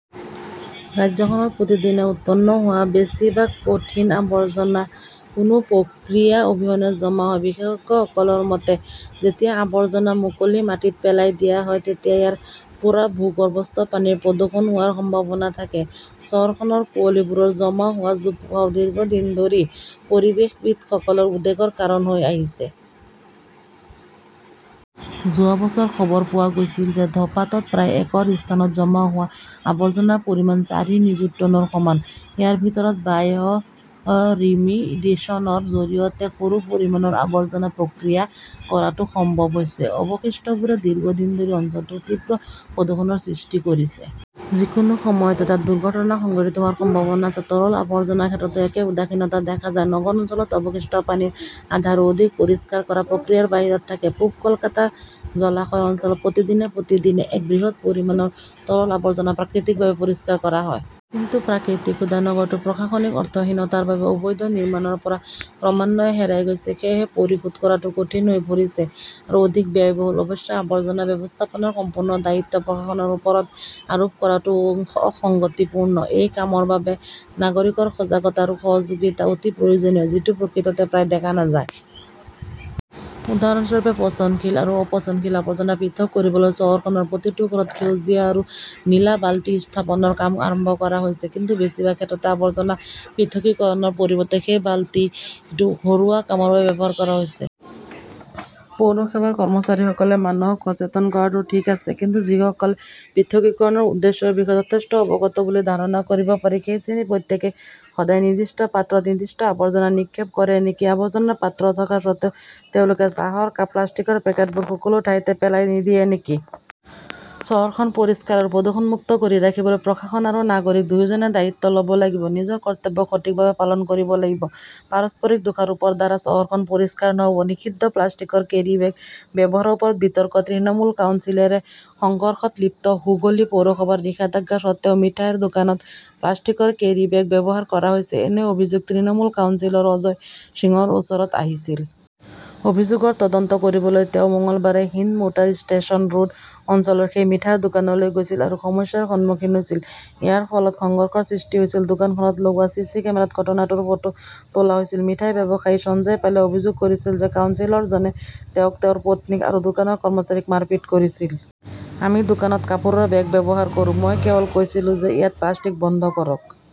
ৰাজ্যখনত প্ৰতিদিনে উৎপন্ন হোৱা বেছিভাগ কঠিন আৱৰ্জনা কোনো প্ৰক্ৰিয়া অবিহনে জমা হয়। বিশেষজ্ঞসকলৰ মতে, যেতিয়া আৱৰ্জনা মুকলি মাটিত পেলাই দিয়া হয় তেতিয়া ইয়াৰ পৰা ভূগৰ্ভস্থ পানীৰ প্ৰদূষণ হোৱাৰ সম্ভাৱনা থাকে। চহৰখনৰ কুঁৱলীবোৰৰ জমা হোৱা জোপোহাও দীৰ্ঘদিন ধৰি পৰিৱেশবিদসকলৰ উদ্বেগৰ কাৰণ হৈ আহিছে। যোৱা বছৰ খবৰ পোৱা গৈছিল যে ধপাতাত প্ৰায় একৰ স্থানত জমা হোৱা আৱৰ্জনাৰ পৰিমাণ চাৰি নিযুত টনৰ সমান। ইয়াৰ ভিতৰত বায়'ৰিমিডিশ্যনৰ জৰিয়তে সৰু পৰিমাণৰ আৱৰ্জনা প্ৰক্ৰিয়া কৰাটো সম্ভৱ হৈছে। অৱশিষ্টবোৰে দীৰ্ঘদিন ধৰি অঞ্চলটোৰ তীব্ৰ প্ৰদূষণৰ সৃষ্টি কৰিছে। যিকোনো সময়তে তাত দুৰ্ঘটনা সংঘটিত হোৱাৰ সম্ভাৱনা আছে। তৰল আৱৰ্জনাৰ ক্ষেত্ৰতো একে উদাসীনতা দেখা যায়। নগৰ অঞ্চলত অৱশিষ্ট পানীৰ আধাৰো অধিক পৰিষ্কাৰ কৰা প্ৰক্ৰিয়াৰ বাহিৰত থাকে। পূৱ কলকাতাৰ জলাশয় অঞ্চলত প্ৰতিদিনে প্ৰতিদিনে এক বৃহৎ পৰিমাণৰ তৰল আৱৰ্জনা প্ৰাকৃতিকভাৱে পৰিষ্কাৰ কৰা হয়। কিন্তু প্ৰাকৃতিক শোধনাগাৰটো প্ৰশাসনিক অৰ্থহীনতাৰ বাবে অবৈধ নিৰ্মাণৰ পৰা ক্ৰমান্বয়ে হেৰাই গৈছে। সেয়েহে, পৰিশোধ কৰাটো কঠিন হৈ পৰিছে, আৰু অধিক ব্যয়বহুল। অৱশ্যে, আৱৰ্জনা ব্যৱস্থাপনাৰ সম্পূৰ্ণ দায়িত্ব প্ৰশাসনৰ ওপৰত আৰোপ কৰাটোও অসঙ্গতিপূৰ্ণ। এই কামৰ বাবে নাগৰিকৰ সজাগতা আৰু সহযোগিতা অতি প্ৰয়োজনীয়, যিটো প্ৰকৃততে প্ৰায় দেখা নাযায়। উদাহৰণস্বৰূপে, পচনশীল আৰু অপচনশীল আৱৰ্জনা পৃথক কৰিবলৈ চহৰখনৰ প্ৰতিটো ঘৰত সেউজীয়া আৰু নীলা বালতি স্থাপনৰ কাম আৰম্ভ কৰা হৈছে। কিন্তু বেছিভাগ ক্ষেত্ৰতে আৱৰ্জনা পৃথকীকৰণৰ পৰিৱৰ্তে সেই বালতিটো ঘৰুৱা কামৰ বাবে ব্যৱহাৰ কৰা হৈছে। পৌৰসেৱাৰ কৰ্মচাৰীসকলে মানুহক সচেতন কৰাটো ঠিক আছে, কিন্তু যিসকলে পৃথকীকৰণৰ উদ্দেশ্যৰ বিষয়ে যথেষ্ট অৱগত বুলি ধাৰণা কৰিব পাৰি, সেই শ্ৰেণীৰ প্ৰত্যেকেই সদায় নিৰ্দিষ্ট পাত্ৰত নিৰ্দিষ্ট আৱৰ্জনা নিক্ষেপ কৰে নেকি? আৱৰ্জনাৰ পাত্ৰ থকা স্বত্বেও তেওঁলোকে চাহৰ কাপ, প্লাষ্টিকৰ পেকেটবোৰ সকলো ঠাইতে পেলাই নিদিয়ে নেকি? চহৰখন পৰিষ্কাৰ আৰু প্ৰদূষণমুক্ত কৰি ৰাখিবলৈ প্ৰশাসন আৰু নাগৰিক দুয়োজনে দায়িত্ব ল 'ব লাগিব, নিজৰ কৰ্তব্য সঠিকভাৱে পালন কৰিব লাগিব। পাৰস্পৰিক দোষাৰোপৰ দ্বাৰা চহৰখন পৰিষ্কাৰ নহ'ব। নিষিদ্ধ প্লাষ্টিকৰ কেৰীবেগ ব্যৱহাৰৰ ওপৰত বিতৰ্ক, তৃণমূল কাউন্সিলৰে সংঘৰ্ষত লিপ্ত হুগলী পৌৰসভাৰ নিষেধাজ্ঞা সত্বেও মিঠাইৰ দোকানত প্লাষ্টিকৰ কেৰীবেগ ব্যৱহাৰ কৰা হৈছে, এনে অভিযোগ তৃণমূল কাউন্সিলৰ অজয় সিঙৰ ওচৰত আহিছিল। অভিযোগৰ তদন্ত কৰিবলৈ তেওঁ মঙলবাৰে হিন্দমোটাৰ ষ্টেচন ৰোড অঞ্চলৰ সেই মিঠাইৰ দোকানলৈ গৈছিল আৰু সমস্যাৰ সন্মুখীন হৈছিল। এয়াৰ ফলত সংঘৰ্ষৰ সৃষ্টি হৈছিল। দোকানখনত লগোৱা চি. চি. কেমেৰাত ঘটনাটোৰ ফটো তোলা হৈছিল। মিঠাই ব্যৱসায়ী সঞ্জয় পালে অভিযোগ কৰিছিল যে কাউন্সিলৰজনে তেওঁক, তেওঁৰ পত্নীক আৰু দোকানৰ কৰ্মচাৰীক মাৰপিট কৰিছিল। আমি দোকানত কাপোৰৰ বেগ ব্যৱহাৰ কৰো। মই কেৱল কৈছিলো যে ইয়াত প্লাষ্টিক বন্ধ কৰক।